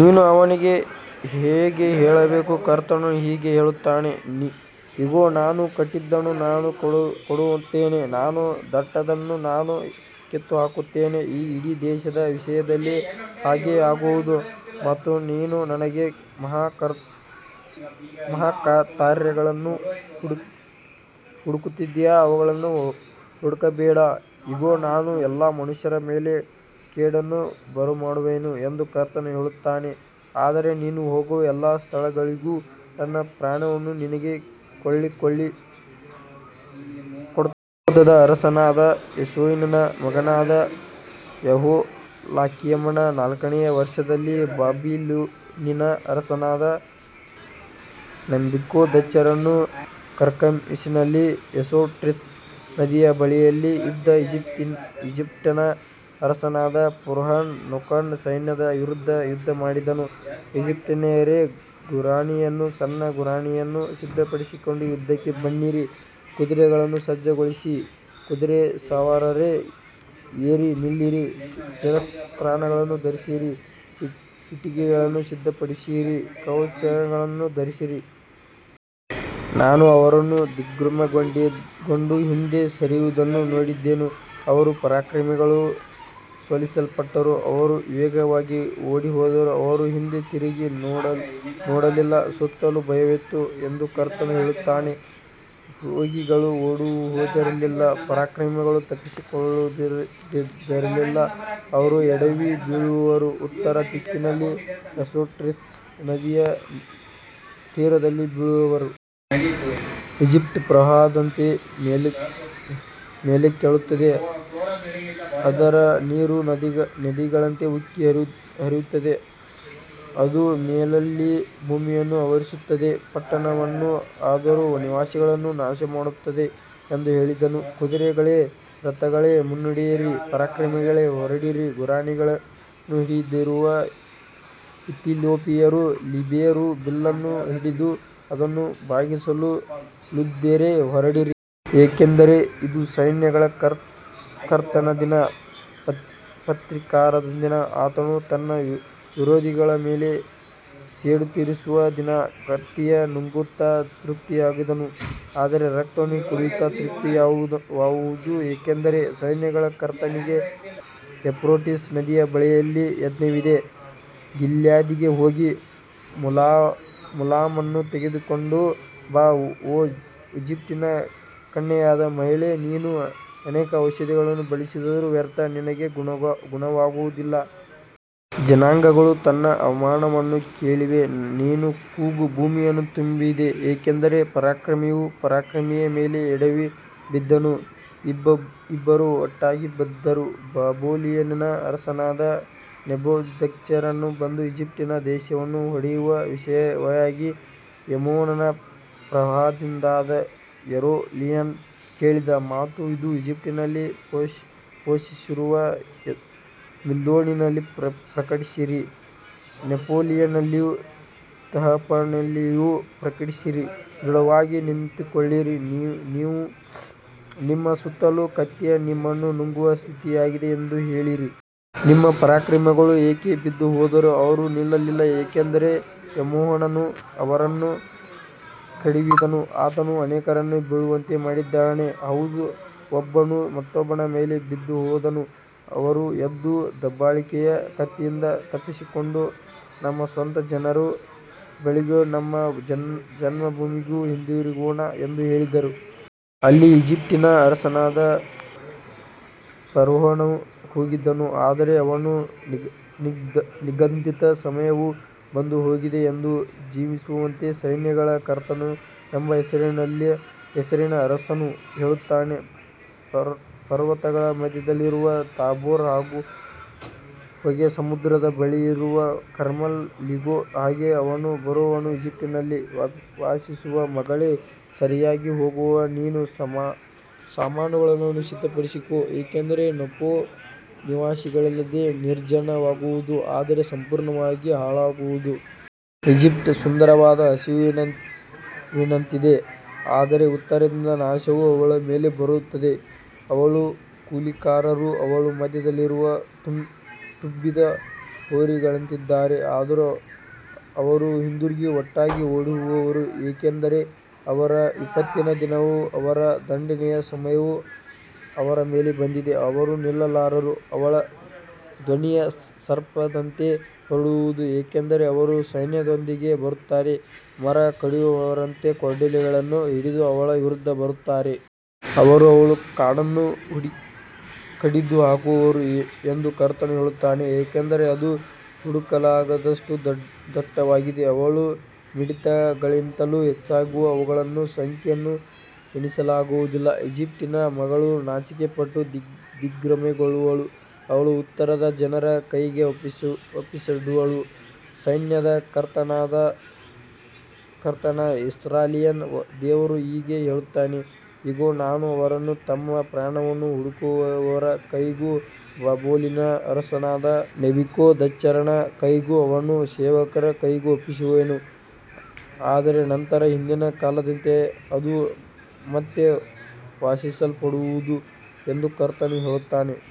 ನೀನು ಅವನಿಗೆ ಹೀಗೆ ಹೇಳಬೇಕು, ಕರ್ತನು ಹೀಗೆ ಹೇಳುತ್ತಾನೆ, ಇಗೋ, ನಾನು ಕಟ್ಟಿದ್ದನ್ನು ನಾನು ಕೆಡವುತ್ತೇನೆ, ನಾನು ನೆಟ್ಟದ್ದನ್ನು ನಾನು ಕಿತ್ತುಹಾಕುತ್ತೇನೆ, ಈ ಇಡೀ ದೇಶದ ವಿಷಯದಲ್ಲಿಯೂ ಹಾಗೆಯೇ ಆಗುವುದು. ಮತ್ತು ನೀನು ನಿನಗಾಗಿ ಮಹತ್ಕಾರ್ಯಗಳನ್ನು ಹುಡುಕುತ್ತಿದ್ದೀಯಾ, ಅವುಗಳನ್ನು ಹುಡುಕಬೇಡ, ಇಗೋ, ನಾನು ಎಲ್ಲಾ ಮನುಷ್ಯರ ಮೇಲೆ ಕೇಡನ್ನು ಬರಮಾಡುವೆನು ಎಂದು ಕರ್ತನು ಹೇಳುತ್ತಾನೆ, ಆದರೆ ನೀನು ಹೋಗುವ ಎಲ್ಲ ಸ್ಥಳಗಳಲ್ಲಿಯೂ ನಿನ್ನ ಪ್ರಾಣವನ್ನು ನಿನಗೆ ಕೊಳ್ಳೆಯಾಗಿ ಕೊಡುವೆನು. ಯೆಹೂದದ ಅರಸನಾದ ಯೋಷೀಯನ ಮಗನಾದ ಯೆಹೋಯಾಕೀಮನ ನಾಲ್ಕನೆಯ ವರ್ಷದಲ್ಲಿ, ಬಾಬಿಲೋನಿನ ಅರಸನಾದ ನೆಬೂಕದ್ನೆಚ್ಚರನು ಕರ್ಕೆಮೀಷಿನಲ್ಲಿ ಯೂಫ್ರೇಟಿಸ್ ನದಿಯ ಬಳಿಯಲ್ಲಿ ಇದ್ದ ಈಜಿಪ್ಟಿನ ಅರಸನಾದ ಫರೋಹ್ ನೆಕೋನ ಸೈನ್ಯದ ವಿರುದ್ಧ ಯುದ್ಧಮಾಡಿದನು. ಈಜಿಪ್ಟಿನವರೇ, ಗುರಾಣಿಯನ್ನೂ ಸಣ್ಣ ಗುರಾಣಿಯನ್ನೂ ಸಿದ್ಧಪಡಿಸಿಕೊಂಡು ಯುದ್ಧಕ್ಕೆ ಬನ್ನಿರಿ. ಕುದುರೆಗಳನ್ನು ಸಜ್ಜುಗೊಳಿಸಿ, ಕುದುರೆಸವಾರರೇ, ಏರಿ ನಿಲ್ಲಿರಿ, ಶಿರಸ್ತ್ರಾಣಗಳನ್ನು ಧರಿಸಿರಿ, ಈಟಿಗಳನ್ನು ಸಿದ್ಧಪಡಿಸಿರಿ, ಕವಚಗಳನ್ನು ಧರಿಸಿರಿ. ನಾನು ಅವರನ್ನು ದಿಗ್ಭ್ರಮೆಗೊಂಡು ಹಿಂದೆ ಸರಿಯುವುದನ್ನು ನೋಡಿದ್ದೇನೆ, ಅವರ ಪರಾಕ್ರಮಿಗಳು ಸೋಲಿಸಲ್ಪಟ್ಟರು, ಅವರು ವೇಗವಾಗಿ ಓಡಿಹೋದರು, ಅವರು ಹಿಂದೆ ತಿರುಗಿ ನೋಡಲಿಲ್ಲ, ಸುತ್ತಲೂ ಭಯವಿತ್ತು ಎಂದು ಕರ್ತನು ಹೇಳುತ್ತಾನೆ. ವೇಗಿಗಳು ಓಡಿಹೋಗದಿರಲಿ, ಪರಾಕ್ರಮಿಗಳು ತಪ್ಪಿಸಿಕೊಳ್ಳದಿರಲಿ, ಅವರು ಎಡವಿ ಬೀಳುವರು, ಉತ್ತರ ದಿಕ್ಕಿನಲ್ಲಿ ಯೂಫ್ರೇಟಿಸ್ ನದಿಯ ತೀರದಲ್ಲಿ ಬೀಳುವರು. ಈಜಿಪ್ಟ್ ಪ್ರವಾಹದಂತೆ ಮೇಲೇಳುತ್ತದೆ, ಅದರ ನೀರು ನದಿಗಳಂತೆ ಉಕ್ಕಿ ಹರಿಯುತ್ತದೆ, ಅದು ಮೇಲೇಳಿ ಭೂಮಿಯನ್ನು ಆವರಿಸುತ್ತದೆ, ಪಟ್ಟಣವನ್ನೂ ಅದರ ನಿವಾಸಿಗಳನ್ನೂ ನಾಶಮಾಡುತ್ತದೆ ಎಂದು ಹೇಳುತ್ತದೆ. ಕುದುರೆಗಳೇ, ರಥಗಳೇ, ಮುನ್ನಡೆಯಿರಿ, ಪರಾಕ್ರಮಿಗಳೇ, ಹೊರಡಿರಿ, ಗುರಾಣಿಯನ್ನು ಹಿಡಿದಿರುವ ಇಥಿಯೋಪಿಯರೂ, ಲಿಬಿಯರೂ, ಬಿಲ್ಲನ್ನು ಹಿಡಿದು ಅದನ್ನು ಬಾಗಿಸುವ ಲೂದ್ಯರೂ ಹೊರಡಲಿ. ಯಾಕಂದರೆ ಇದು ಸೈನ್ಯಗಳ ಕರ್ತನ ದಿನ, ಪ್ರತೀಕಾರದ ದಿನ, ಆತನು ತನ್ನ ವಿರೋಧಿಗಳ ಮೇಲೆ ಸೇಡು ತೀರಿಸುವ ದಿನ. ಕತ್ತಿಯು ನುಂಗುತ್ತಾ ತೃಪ್ತಿಯಾಗುವುದು, ಅವರ ರಕ್ತವನ್ನು ಕುಡಿಯುತ್ತಾ ತೃಪ್ತಿಯಾಗುವುದು, ಏಕೆಂದರೆ ಸೈನ್ಯಗಳ ಕರ್ತನಿಗೆ ಯೂಫ್ರೇಟಿಸ್ ನದಿಯ ಬಳಿಯಲ್ಲಿ ಯಜ್ಞವಿದೆ. ಗಿಲ್ಯಾದಿಗೆ ಹೋಗಿ, ಮುಲಾಮನ್ನು ತೆಗೆದುಕೊಂಡು ಬಾ, ಓ ಈಜಿಪ್ಟಿನ ಕನ್ಯೆಯಾದ ಮಗಳೇ, ನೀನು ಅನೇಕ ಔಷಧಿಗಳನ್ನು ಬಳಸಿದರೂ ವ್ಯರ್ಥ, ನಿನಗೆ ಗುಣವಾಗುವುದಿಲ್ಲ. ಜನಾಂಗಗಳು ನಿನ್ನ ಅವಮಾನವನ್ನು ಕೇಳಿವೆ, ನಿನ್ನ ಕೂಗು ಭೂಮಿಯನ್ನು ತುಂಬಿದೆ, ಏಕೆಂದರೆ ಪರಾಕ್ರಮಿಯು ಪರಾಕ್ರಮಿಯ ಮೇಲೆ ಎಡವಿ ಬಿದ್ದನು, ಇಬ್ಬರೂ ಒಟ್ಟಾಗಿ ಬಿದ್ದರು. ಬಾಬಿಲೋನಿನ ಅರಸನಾದ ನೆಬೂಕದ್ನೆಚ್ಚರನು ಬಂದು ಈಜಿಪ್ಟ್ ದೇಶವನ್ನು ಹೊಡೆಯುವ ವಿಷಯವಾಗಿ ಯೆಹೋವನು ಪ್ರವಾದಿಯಾದ ಯೆರೆಮೀಯನಿಗೆ ಹೇಳಿದ ಮಾತು ಇದು. ಈಜಿಪ್ಟಿನಲ್ಲಿ ಘೋಷಿಸಿರಿ, ಮಿಗ್ದೋಲಿನಲ್ಲಿ ಪ್ರಕಟಿಸಿರಿ, ನೋಫಿನಲ್ಲಿಯೂ ತಹಪನೇಹೆಸಿನಲ್ಲಿಯೂ ಪ್ರಕಟಿಸಿರಿ, ದೃಢವಾಗಿ ನಿಂತುಕೊಳ್ಳಿರಿ, ನಿಮ್ಮ ಸುತ್ತಲೂ ಕತ್ತಿಯು ನಿಮ್ಮನ್ನು ನುಂಗಲು ಸಿದ್ಧವಾಗಿದೆ ಎಂದು ಹೇಳಿರಿ. ನಿನ್ನ ಪರಾಕ್ರಮಿಗಳು ಏಕೆ ಬಿದ್ದುಹೋದರು, ಅವರು ನಿಲ್ಲಲಿಲ್ಲ, ಏಕೆಂದರೆ ಯೆಹೋವನು ಅವರನ್ನು ಕೆಡವಿದನು. ಆತನು ಅನೇಕರನ್ನು ಬೀಳುವಂತೆ ಮಾಡಿದನು, ಹೌದು, ಒಬ್ಬನು ಮತ್ತೊಬ್ಬನ ಮೇಲೆ ಬಿದ್ದುಹೋದನು. ಅವರು, ಎದ್ದು, ದಬ್ಬಾಳಿಕೆಯ ಕತ್ತಿಯಿಂದ ತಪ್ಪಿಸಿಕೊಂಡು ನಮ್ಮ ಸ್ವಂತ ಜನರ ಬಳಿಗೂ ನಮ್ಮ ಜನ್ಮಭೂಮಿಗೂ ಹಿಂದಿರುಗೋಣ ಎಂದು ಹೇಳಿದರು. ಅಲ್ಲಿ ಈಜಿಪ್ಟಿನ ಅರಸನಾದ ಫರೋಹನು ಕೂಗಿದನು, ಆದರೆ ಅವನ ನಿಗದಿತ ಸಮಯವು ಬಂದುಹೋಗಿದೆ. ನಾನು ಜೀವಿಸುವಂತೆ, ಸೈನ್ಯಗಳ ಕರ್ತನು ಎಂಬ ಹೆಸರಿನ ಅರಸನು ಹೇಳುತ್ತಾನೆ, ಪರ್ವತಗಳ ಮಧ್ಯದಲ್ಲಿರುವ ತಾಬೋರ್ ಹೇಗೋ, ಸಮುದ್ರದ ಬಳಿಯಿರುವ ಕರ್ಮೆಲ್ ಹೇಗೋ, ಹಾಗೆಯೇ ಅವನು ಬರುವನು. ಈಜಿಪ್ಟಿನಲ್ಲಿ ವಾಸಿಸುವ ಮಗಳೇ, ಸೆರೆಯಾಗಿ ಹೋಗಲು ನಿನ್ನ ಸಾಮಾನುಗಳನ್ನು ಸಿದ್ಧಪಡಿಸು, ಏಕೆಂದರೆ ನೋಫ್ ನಿವಾಸಿಗಳಿಲ್ಲದೆ ನಿರ್ಜನವಾಗುವುದು, ಅದು ಸಂಪೂರ್ಣವಾಗಿ ಹಾಳಾಗುವುದು. ಈಜಿಪ್ಟ್ ಸುಂದರವಾದ ಹಸುವಿನಂತಿದೆ, ಆದರೆ ಉತ್ತರದಿಂದ ನಾಶವು ಅವಳ ಮೇಲೆ ಬರುತ್ತದೆ. ಅವಳ ಕೂಲಿಕಾರರು ಅವಳ ಮಧ್ಯದಲ್ಲಿರುವ ಕೊಬ್ಬಿದ ಹೋರಿಗಳಂತಿದ್ದಾರೆ, ಆದರೆ ಅವರೂ ಹಿಂದಿರುಗಿ ಒಟ್ಟಾಗಿ ಓಡಿಹೋಗುವರು, ಏಕೆಂದರೆ ಅವರ ವಿಪತ್ತಿನ ದಿನವೂ ಅವರ ದಂಡನೆಯ ಸಮಯವೂ ಅವರ ಮೇಲೆ ಬಂದಿದೆ, ಅವರು ನಿಲ್ಲಲಾರರು. ಅವಳ ಧ್ವನಿಯು ಸರ್ಪದಂತೆ ಹೊರಡುವುದು, ಏಕೆಂದರೆ ಅವರು ಸೈನ್ಯದೊಂದಿಗೆ ಬರುತ್ತಾರೆ, ಮರ ಕಡಿಯುವವರಂತೆ ಕೊಡಲಿಗಳನ್ನು ಹಿಡಿದು ಅವಳ ವಿರುದ್ಧ ಬರುತ್ತಾರೆ. ಅವರು ಅವಳ ಕಾಡನ್ನು ಕಡಿದುಹಾಕುವರು ಎಂದು ಕರ್ತನು ಹೇಳುತ್ತಾನೆ, ಏಕೆಂದರೆ ಅದು ಹುಡುಕಲಾಗದಷ್ಟು ದಟ್ಟವಾಗಿದೆ, ಅವು ಮಿಡತೆಗಳಿಗಿಂತಲೂ ಹೆಚ್ಚಾಗಿವೆ, ಅವುಗಳ ಸಂಖ್ಯೆಯನ್ನು ಎಣಿಸಲಾಗುವುದಿಲ್ಲ. ಈಜಿಪ್ಟಿನ ಮಗಳು ನಾಚಿಕೆಪಟ್ಟು ದಿಗ್ಭ್ರಮೆಗೊಳ್ಳುವಳು, ಅವಳು ಉತ್ತರದ ಜನರ ಕೈಗೆ ಒಪ್ಪಿಸಲ್ಪಡುವಳು. ಸೈನ್ಯಗಳ ಕರ್ತನಾದ ಇಸ್ರಾಯೇಲಿನ ದೇವರು ಹೀಗೆ ಹೇಳುತ್ತಾನೆ, ಇಗೋ, ನಾನು ಅವರನ್ನು ತಮ್ಮ ಪ್ರಾಣವನ್ನು ಹುಡುಕುವವರ ಕೈಗೂ, ಬಾಬಿಲೋನಿನ ಅರಸನಾದ ನೆಬೂಕದ್ನೆಚ್ಚರನ ಕೈಗೂ, ಅವನ ಸೇವಕರ ಕೈಗೂ ಒಪ್ಪಿಸುವೆನು, ಆದರೆ ನಂತರ ಹಿಂದಿನ ಕಾಲದಂತೆ ಅದು ಮತ್ತೆ ವಾಸಿಸಲ್ಪಡುವುದು ಎಂದು ಕರ್ತನು ಹೇಳುತ್ತಾನೆ.